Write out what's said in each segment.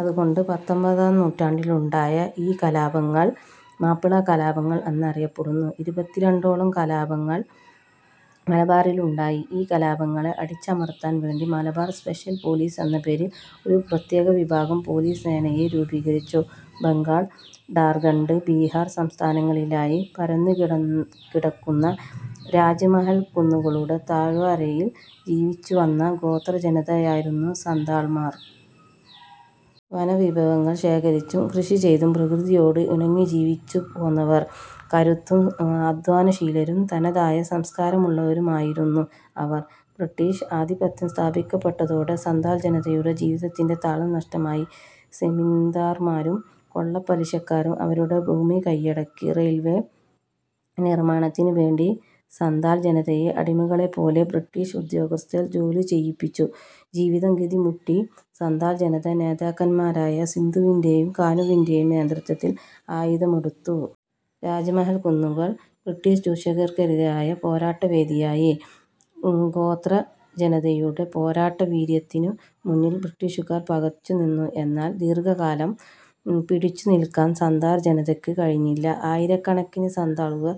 അതുകൊണ്ട് പത്തൊമ്പതാം നൂറ്റാണ്ടിലുണ്ടായ ഈ കലാപങ്ങൾ മാപ്പിളകലാപങ്ങൾ എന്ന് അറിയപ്പെടുന്നു. ഇരുപത്തിരണ്ടോളം കലാപങ്ങൾ മലബാറിലുണ്ടായി. ഈ കലാപങ്ങളെ അടിച്ചമർത്താൻ വേണ്ടി മലബാർ സ്പെഷ്യൽ പോലീസ് എന്ന പേരിൽ ഒരു പ്രത്യേക വിഭാഗം പോലീസ് സേനയെ രൂപീകരിച്ചു. ബംഗാൾ, ഝാർഖണ്ഡ്, ബിഹാർ സംസ്ഥാനങ്ങളിലായി പരന്നുകിടക്കുന്ന രാജ്മഹൽ കുന്നുകളുടെ താഴ്വരയിൽ ജീവിച്ചുവന്ന ഗോത്രജനതയായിരുന്നു സന്താൾമാർ. വനവിഭവങ്ങൾ ശേഖരിച്ചും കൃഷിചെയ്തും പ്രകൃതിയോട് ഇണങ്ങിജീവിച്ചുപോന്നവർ. കരുത്തരും അധ്വാനശീലരും തനതായ സംസ്കാരമുള്ളവരുമായിരുന്നു അവർ. ബ്രിട്ടീഷ് ആധിപത്യം സ്ഥാപിക്കപ്പെട്ടതോടെ സന്താൾ ജനതയുടെ ജീവിതത്തിന്റെ താളം നഷ്ടമായി. സെമീന്ദാർമാരും കൊള്ളപ്പലിശക്കാരും അവരുടെ ഭൂമി കൈയടക്കി. റെയിൽവേ നിർമാണത്തിനുവേണ്ടി സന്താൾ ജനതയെ അടിമകളെപ്പോലെ ബ്രിട്ടീഷ് ഉദ്യോഗസ്ഥർ ജോലി ചെയ്യിച്ചു. ജീവിതം ഗതി മുട്ടിയ സന്താൾ ജനത നേതാക്കന്മാരായ സിദ്ദുവിന്റെയും കാനുവിന്റെയും നേതൃത്വത്തിൽ ആയുധമെടുത്തു. രാജ്മഹൽ കുന്നുകൾ ബ്രിട്ടീഷ് ചൂഷകർക്കെതിരായ പോരാട്ടവേദിയായി. ഗോത്രജനതയുടെ പോരാട്ടവീര്യത്തിനു മുന്നിൽ ബ്രിട്ടീഷുകാർ പകച്ചു നിന്നു. എന്നാൽ ദീർഘകാലം പിടിച്ചുനിൽക്കാൻ സന്താൾ ജനതയ്ക്ക് കഴിഞ്ഞില്ല. ആയിരക്കണക്കിന് സന്താളുകൾ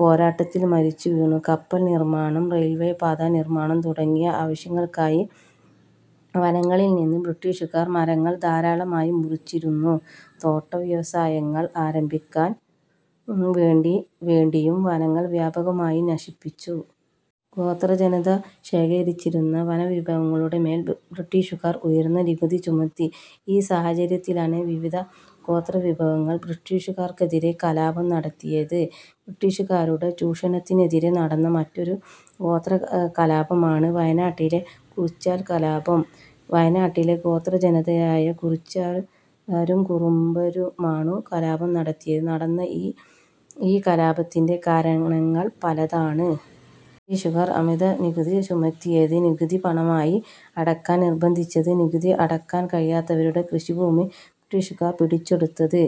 പോരാട്ടത്തിൽ മരിച്ചുവീണു. കപ്പൽ നിർമാണം, റെയിൽപ്പാത നിർമാണം തുടങ്ങിയ ആവശ്യങ്ങൾക്കായി വനങ്ങളിൽനിന്ന് ബ്രിട്ടീഷുകാർ മരങ്ങൾ ധാരാളമായി മുറിച്ചിരുന്നു. തോട്ടം വ്യവസായങ്ങൾ ആരംഭിക്കാൻ വേണ്ടിയും വനങ്ങൾ വ്യാപകമായി നശിപ്പിച്ചു. ഗോത്രജനത ശേഖരിച്ചിരുന്ന വനവിഭവങ്ങളുടെ മേൽ ബ്രിട്ടീഷുകാർ ഉയർന്ന നികുതി ചുമത്തി. ഈ സാഹചര്യത്തിലാണ് വിവിധ ഗോത്രവിഭാഗങ്ങൾ ബ്രിട്ടീഷുകാർക്കെതിരെ കലാപം നടത്തിയത്. ബ്രിട്ടീഷുകാരുടെ ചൂഷണത്തിനെതിരെ നടന്ന മറ്റൊരു ഗോത്രകലാപമാണ് വയനാട്ടിലെ കുറിച്യകലാപം. വയനാട്ടിലെ ഗോത്രജനതയായ കുറിച്യരും കുറുമ്പരുമാണു കലാപം നടത്തിയത്. നടന്ന ഈ കലാപത്തിന്റെ കാരണങ്ങൾ പലതാണ്. ബ്രിട്ടീഷുകാർ അമിതനികുതി ചുമത്തിയത്. നികുതി പണമായി അടയ്ക്കാൻ നിർബന്ധിച്ചത്. നികുതി അടയ്ക്കാൻ കഴിയാത്തവരുടെ കൃഷിഭൂമി ബ്രിട്ടീഷുകാർ പിടിച്ചെടുത്തത്.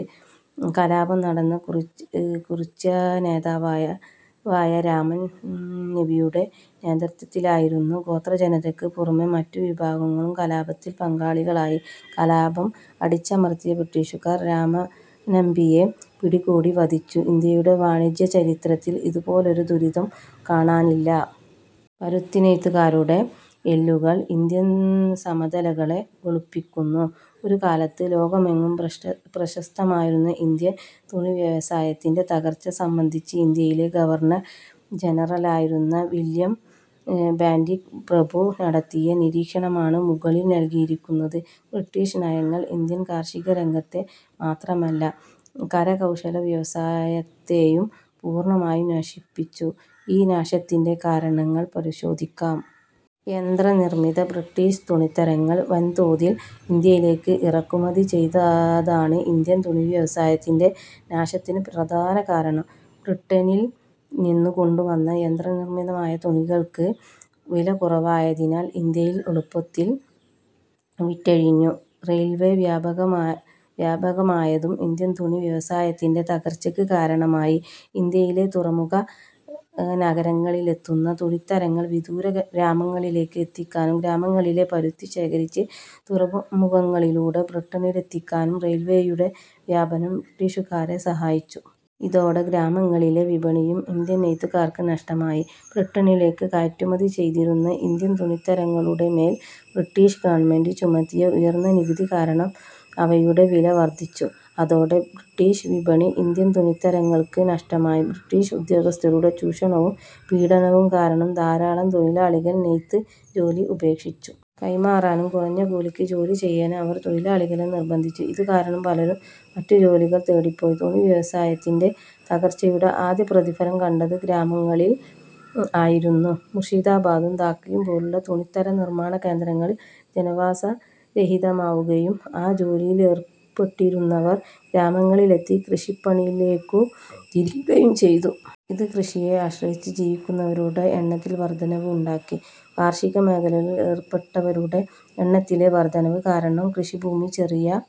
കലാപം നടന്നത് കുറിച്യ നേതാവായ രാമൻ നമ്പിയുടെ നേതൃത്വത്തിലായിരുന്നു. ഗോത്രജനതയ്ക്ക് പുറമെ മറ്റു വിഭാഗങ്ങളും കലാപത്തിൽ പങ്കാളികളായി. കലാപം അടിച്ചമർത്തിയ ബ്രിട്ടീഷുകാർ രാമനമ്പിയെ പിടികൂടി വധിച്ചു. ഇന്ത്യയുടെ വാണിജ്യചരിത്രത്തിൽ ഇതുപോലൊരു ദുരിതം കാണാനില്ല. പരുത്തിനെയ്ത്തുകാരുടെ എല്ലുകൾ ഇന്ത്യൻ സമതലങ്ങളെ വെളുപ്പിക്കുന്നു. ഒരുകാലത്ത് ലോകമെങ്ങും പ്രശസ്തമായിരുന്ന ഇന്ത്യൻ തുണിവ്യവസായത്തിന്റെ തകർച്ച സംബന്ധിച്ച് ഇന്ത്യയിലെ ഗവർണർ ജനറലായിരുന്ന വില്യം ബെന്റിക് പ്രഭു നടത്തിയ നിരീക്ഷണമാണ് മുകളിൽ നൽകിയിരിക്കുന്നത്. ബ്രിട്ടീഷ് നയങ്ങൾ ഇന്ത്യൻ കാർഷികരംഗത്തെ മാത്രമല്ല, കരകൗശലവ്യവസായത്തെയും പൂർണമായും നശിപ്പിച്ചു. ഈ നാശത്തിന്റെ കാരണങ്ങൾ പരിശോധിക്കാം. യന്ത്രനിർമിത ബ്രിട്ടീഷ് തുണിത്തരങ്ങൾ വൻതോതിൽ ഇന്ത്യയിലേക്ക് ഇറക്കുമതി ചെയ്തതാണ് ഇന്ത്യൻ തുണിവ്യവസായത്തിന്റെ നാശത്തിനുള്ള പ്രധാന കാരണം. ബ്രിട്ടനിൽ നിന്നു കൊണ്ടുവന്ന യന്ത്രനിർമിതമായ തുണികൾക്ക് വില കുറവായതിനാൽ ഇന്ത്യയിൽ എളുപ്പത്തിൽ വിറ്റഴിഞ്ഞു. റെയിൽവേ വ്യാപകമായതും ഇന്ത്യൻ തുണി വ്യവസായത്തിന്റെ തകർച്ചയ്ക്ക് കാരണമായി. ഇന്ത്യയിലെ തുറമുഖ നഗരങ്ങളിലെത്തുന്ന തുണിത്തരങ്ങൾ വിദൂര ഗ്രാമങ്ങളിലേക്ക് എത്തിക്കാനും ഗ്രാമങ്ങളിലെ പരുത്തി ശേഖരിച്ച് തുറമുഖങ്ങളിലൂടെ ബ്രിട്ടനിലെത്തിക്കാനും റെയിൽവേയുടെ വ്യാപനം ബ്രിട്ടീഷുകാരെ സഹായിച്ചു. ഇതോടെ ഗ്രാമങ്ങളിലെ വിപണിയും ഇന്ത്യൻ നെയ്ത്തുകാർക്ക് നഷ്ടമായി. ബ്രിട്ടനിലേക്ക് കയറ്റുമതി ചെയ്തിരുന്ന ഇന്ത്യൻ തുണിത്തരങ്ങളുടെമേൽ ബ്രിട്ടീഷ് ഗവൺമെന്റ് ചുമത്തിയ ഉയർന്ന നികുതി കാരണം അവയുടെ വില വർധിച്ചു. അതോടെ ബ്രിട്ടീഷ് വിപണി ഇന്ത്യൻ തുണിത്തരങ്ങൾക്ക് നഷ്ടമായി. ബ്രിട്ടീഷ് ഉദ്യോഗസ്ഥരുടെ ചൂഷണവും പീഡനവും കാരണം ധാരാളം തൊഴിലാളികൾ നെയ്ത് ജോലി ഉപേക്ഷിച്ചു. കൈമാറാനും കുറഞ്ഞ കൂലിക്ക് ജോലിചെയ്യാനും അവർ തൊഴിലാളികളെ നിർബന്ധിച്ചു. ഇതു കാരണം പലരും മറ്റു ജോലികൾ തേടിപ്പോയി. തുണിവ്യവസായത്തിന്റെ തകർച്ചയുടെ ആദ്യ പ്രതിഫലനം കണ്ടത് ഗ്രാമങ്ങളിൽ ആയിരുന്നു. മൂർഷിദാബാദും ധാക്കയും പോലുള്ള തുണിത്തര നിർമാണ കേന്ദ്രങ്ങൾ ജനവാസരഹിതമാവുകയും ആ ജോലിയിലേർപ്പെട്ടിരുന്നവർ ഗ്രാമങ്ങളിലെത്തി കൃഷിപ്പണിയിലേക്കു തിരിയുകയും ചെയ്തു. ഇത് കൃഷിയെ ആശ്രയിച്ചു ജീവിക്കുന്നവരുടെ എണ്ണത്തിൽ വർധനവുണ്ടാക്കി. കാർഷിക മേഖലയിൽ ഏർപ്പെട്ടവരുടെ എണ്ണത്തിലെ വർധനവ് കാരണം കൃഷിഭൂമി ചെറിയ